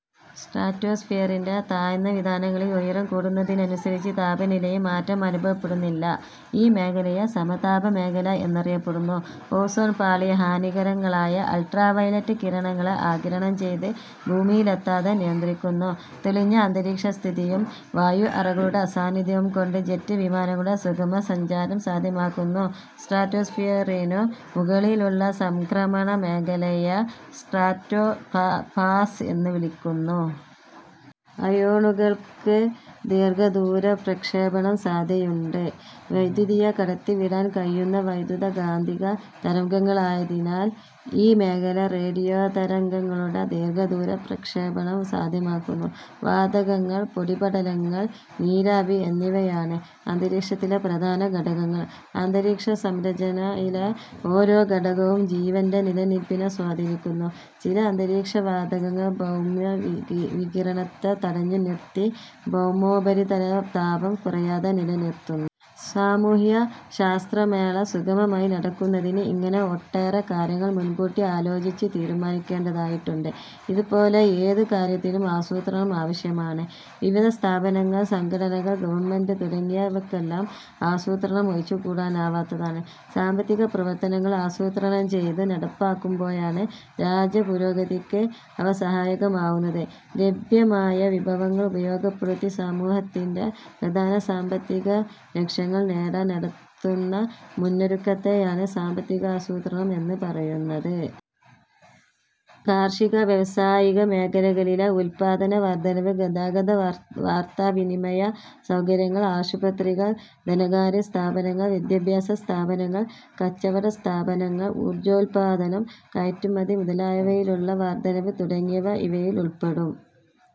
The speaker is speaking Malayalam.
സ്ട്രാറ്റോസ്ഫിയറിന്റെ താഴ്ന്ന വിതാനങ്ങളിൽ ഉയരം കൂടുന്നതിനനുസരിച്ച് താപനിലയിൽ മാറ്റം അനുഭവപ്പെടുന്നില്ല. ഈ മേഖലയെ സമതാപമേഖല എന്നറിയപ്പെടുന്നു. ഓസോൺ പാളി ഹാനികരങ്ങളായ അൾട്രാവയലറ്റ് കിരണങ്ങളെ ആഗിരണം ചെയ്ത് ഭൂമിയിലെത്താതെ നിയന്ത്രിക്കുന്നു. തെളിഞ്ഞ അന്തരീക്ഷസ്ഥിതിയും വായു അറകളുടെ അസാന്നിധ്യവുകൊണ്ട് ജറ്റ് വിമാനങ്ങളുടെ സുഗമസഞ്ചാരം സാധ്യമാക്കുന്നു. സ്ട്രാറ്റോസ്ഫിയറിനു മുകളിലുള്ള സംക്രമണമേഖലയെ സ്ട്രാറ്റോ പാസ് എന്നു വിളിക്കുന്നു. അയോണുകൾക്ക് ദീർഘദൂര പ്രക്ഷേപണം സാധ്യയുണ്ട്. വൈദ്യുതിയെ കടത്തിവിടാൻ കഴിയുന്ന വൈദ്യുത കാന്തിക തരംഗങ്ങളായതിനാൽ ഈ മേഖല റേഡിയോതരംഗങ്ങളുടെ ദീർഘദൂര പ്രക്ഷേപണം സാധ്യമാക്കുന്നു. വാതകങ്ങൾ, പൊടിപടലങ്ങൾ, നീരാവി എന്നിവയാണ് അന്തരീക്ഷത്തിലെ പ്രധാന ഘടകങ്ങൾ. അന്തരീക്ഷസംരചനയിലെ ഓരോ ഘടകവും ജീവന്റെ നിലനിൽപ്പിനെ സ്വാധീനിക്കുന്നു. ചില അന്തരീക്ഷവാതകങ്ങൾ ഭൗമവികിരണത്തെ തടഞ്ഞു നിർത്തി ഭൗമോപരിതലതാപം കുറയാതെ നിലനിർത്തുന്നു. സാമൂഹ്യശാസ്ത്രമേള സുഗമമായി നടക്കുന്നതിന് ഇങ്ങനെ ഒട്ടേറെ കാര്യങ്ങൾ മുൻകൂട്ടി ആലോചിച്ചു തീരുമാനിക്കേണ്ടതായിട്ടുണ്ട്. ഇതു പോലെ ഏതു കാര്യത്തിനും ആസൂത്രണം ആവശ്യമാണ്. വിവിധ സ്ഥാപനങ്ങൾ, സംഘടനകൾ, ഗവൺമെന്റ് തുടങ്ങിയവയ്ക്കെല്ലാം ആസൂത്രണം ഒഴിച്ചുകൂടാനാവാത്തതാണ്. സാമ്പത്തിക പ്രവർത്തനങ്ങൾ, ആസൂത്രണം ചെയ്തു നടപ്പാക്കുമ്പോഴാണ് രാജ്യപുരോഗതിയ്ക്ക് അവ സഹായകമാവുന്നത്. ലഭ്യമായ വിഭവങ്ങൾ ഉപയോഗപ്പെടുത്തി സമൂഹത്തിന്റെ പ്രധാന സാമ്പത്തികലക്ഷ്യങ്ങൾ നേടാൻ നടത്തുന്ന മുന്നൊരുക്കത്തെ യാണ് സാമ്പത്തികാസൂത്രണം എന്നു പറയുന്നത്. കാർഷിക- വ്യാവസായിക മേഖലകളിലെ ഉല്പാദനവർധനവ്, ഗതാഗത വാർത്താ വിനിമയ സൗകര്യങ്ങൾ, ആശുപത്രികൾ, ധനകാര്യസ്ഥാപനങ്ങൾ, വിദ്യാഭ്യാസ സ്ഥാപനങ്ങൾ, കച്ചവട സ്ഥാപനങ്ങൾ, ഊർജോൽപ്പാദനം, കയറ്റുമതി മുതലായവയിലുള്ള വർധനവ് തുടങ്ങിയവ ഇവയിൽ ഉൾപ്പെടും.